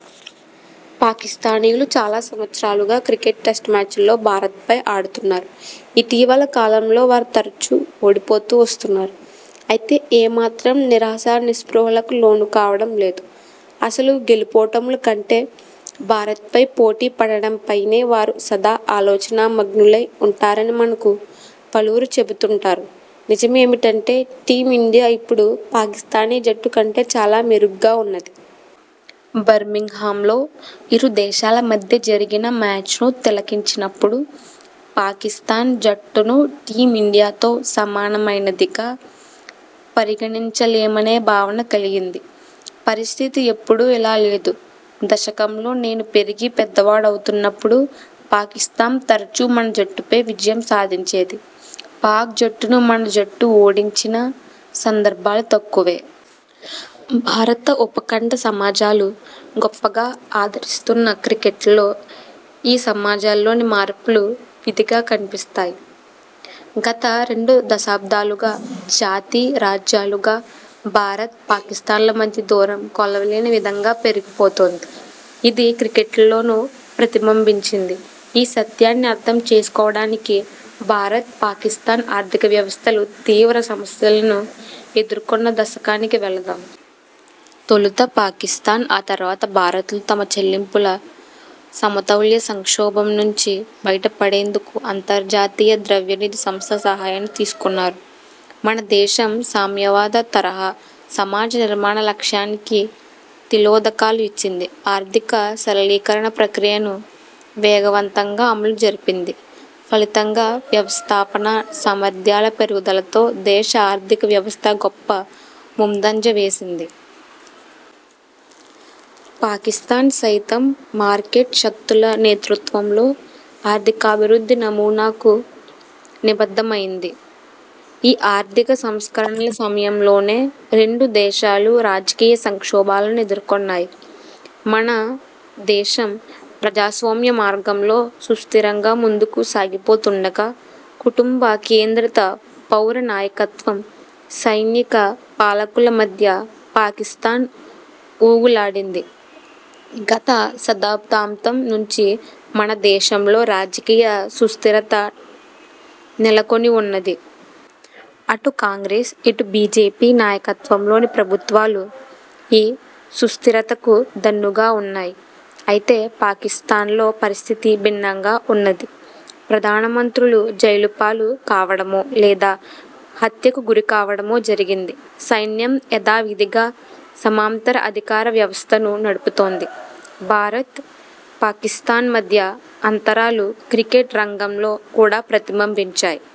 పాకిస్థానీయులు చాలా సంవత్సరాలుగా క్రికెట్ టెస్ట్మ్యాచ్లలో భారత్పై ఆడుతున్నారు. ఇటీవలి కాలంలో వారు తరచూ ఓడిపోతూ వస్తున్నారు. అయితే ఏ మాత్రం నిరాశా నిస్పృహలకు లోనుకావడం లేదు. అసలు గెలుపోటముల కంటే భారత్పై పోటీపడడంపైనే వారు సదా ఆలోచనామగ్నులై వుంటారని మనకు పలువురు చెబుతుంటారు. నిజమేమిటంటే టీమిండియా ఇప్పుడు పాకిస్థానీ జట్టు కంటే చాలా మెరుగ్గా వున్నది. బర్మింగ్హామ్లో ఇరు దేశాల మధ్య జరిగిన మ్యాచ్ను తిలకించినప్పుడు పాకిస్థాన్ జట్టును టీమిండియాతో సమానమైనదిగా పరిగణించలేమనే భావన కలిగింది. పరిస్థితి ఎప్పుడూ ఇలా లేదు. దశకంలో నేను పెరిగి పెద్దవాడినవుతున్నప్పుడు పాకిస్థాన్ తరచూ మన జట్టుపై విజయం సాధించేది. పాక్జట్టును మన జట్టు ఓడించిన సందర్భాలు తక్కువే. భారత ఉపఖండ సమాజాలు గొప్పగా ఆదరిస్తున్న క్రికెట్లో ఈ సమాజాల్లోని మార్పులు విధిగా కన్పిస్తాయి. గత రెండు దశాబ్దాలుగా జాతి–రాజ్యాలుగా భారత్, పాకిస్థాన్ల మధ్య దూరం కొలవలేని విధంగా పెరిగిపోతోంది. ఇది క్రికెట్లోనూ ప్రతిబింబించింది. ఈ సత్యాన్ని అర్థం చేసుకోవడానికి భారత్, పాకిస్థాన్ ఆర్థికవ్యవస్థలు తీవ్ర సమస్యలను ఎదుర్కొన్న దశకానికి వెళదాం. తొలుత పాకిస్థాన్, ఆ తరువాత భారత్లు తమ చెల్లింపుల సమతౌల్య సంక్షోభం నుంచి బయటపడేందుకు అంతర్జాతీయ ద్రవ్యనిధి సంస్థ సహాయాన్ని తీసుకున్నాయి. మన దేశం సామ్యవాద తరహా సమాజ నిర్మాణ లక్ష్యానికి తిలోదకాలు ఇచ్చింది. ఆర్థిక సరళీకరణ ప్రక్రియను వేగవంతంగా అమలుజరిపింది. ఫలితంగా వ్యవస్థాపనా సామర్థ్యాల పెరుగుదలతో దేశ ఆర్థిక వ్యవస్థ గొప్ప ముందంజ వేసింది. పాకిస్థాన్ సైతం మార్కెట్ శక్తుల నేతృత్వంలో ఆర్థికాభివృద్ధి నమూనాకు నిబద్ధమయింది. ఈ ఆర్థిక సంస్కరణల సమయంలోనే రెండు దేశాలు రాజకీయ సంక్షోభాలను ఎదుర్కొన్నాయి. మనదేశం ప్రజాస్వామ్య మార్గంలో సుస్థిరంగా ముందుకు సాగిపోతుండగా కుటుంబ కేంద్రిత పౌర నాయకత్వం, సైనిక పాలకుల మధ్య పాకిస్థాన్ ఊగులాడింది. గత శతాబ్దాంతం నుంచి మన దేశంలో రాజకీయ సుస్థిరత నెలకొనివున్నది. అటు కాంగ్రెస్, ఇటు బీజేపీ నాయకత్వంలోని ప్రభుత్వాలు ఈ సుస్థిరతకు దన్నుగా వున్నాయి. అయితే పాకిస్థాన్లో పరిస్థితి భిన్నంగా ఉన్నది. ప్రధానమంత్రులు జైలుపాలు కావడమో లేదా హత్యకు గురికావడమో జరిగింది. సైన్యం యథావిధిగా సమాంతర అధికార వ్యవస్థను నడుపుతోంది. భారత్, పాకిస్థాన్ మధ్య అంతరాలు క్రికెట్ రంగంలో కూడా ప్రతిబింబించాయి.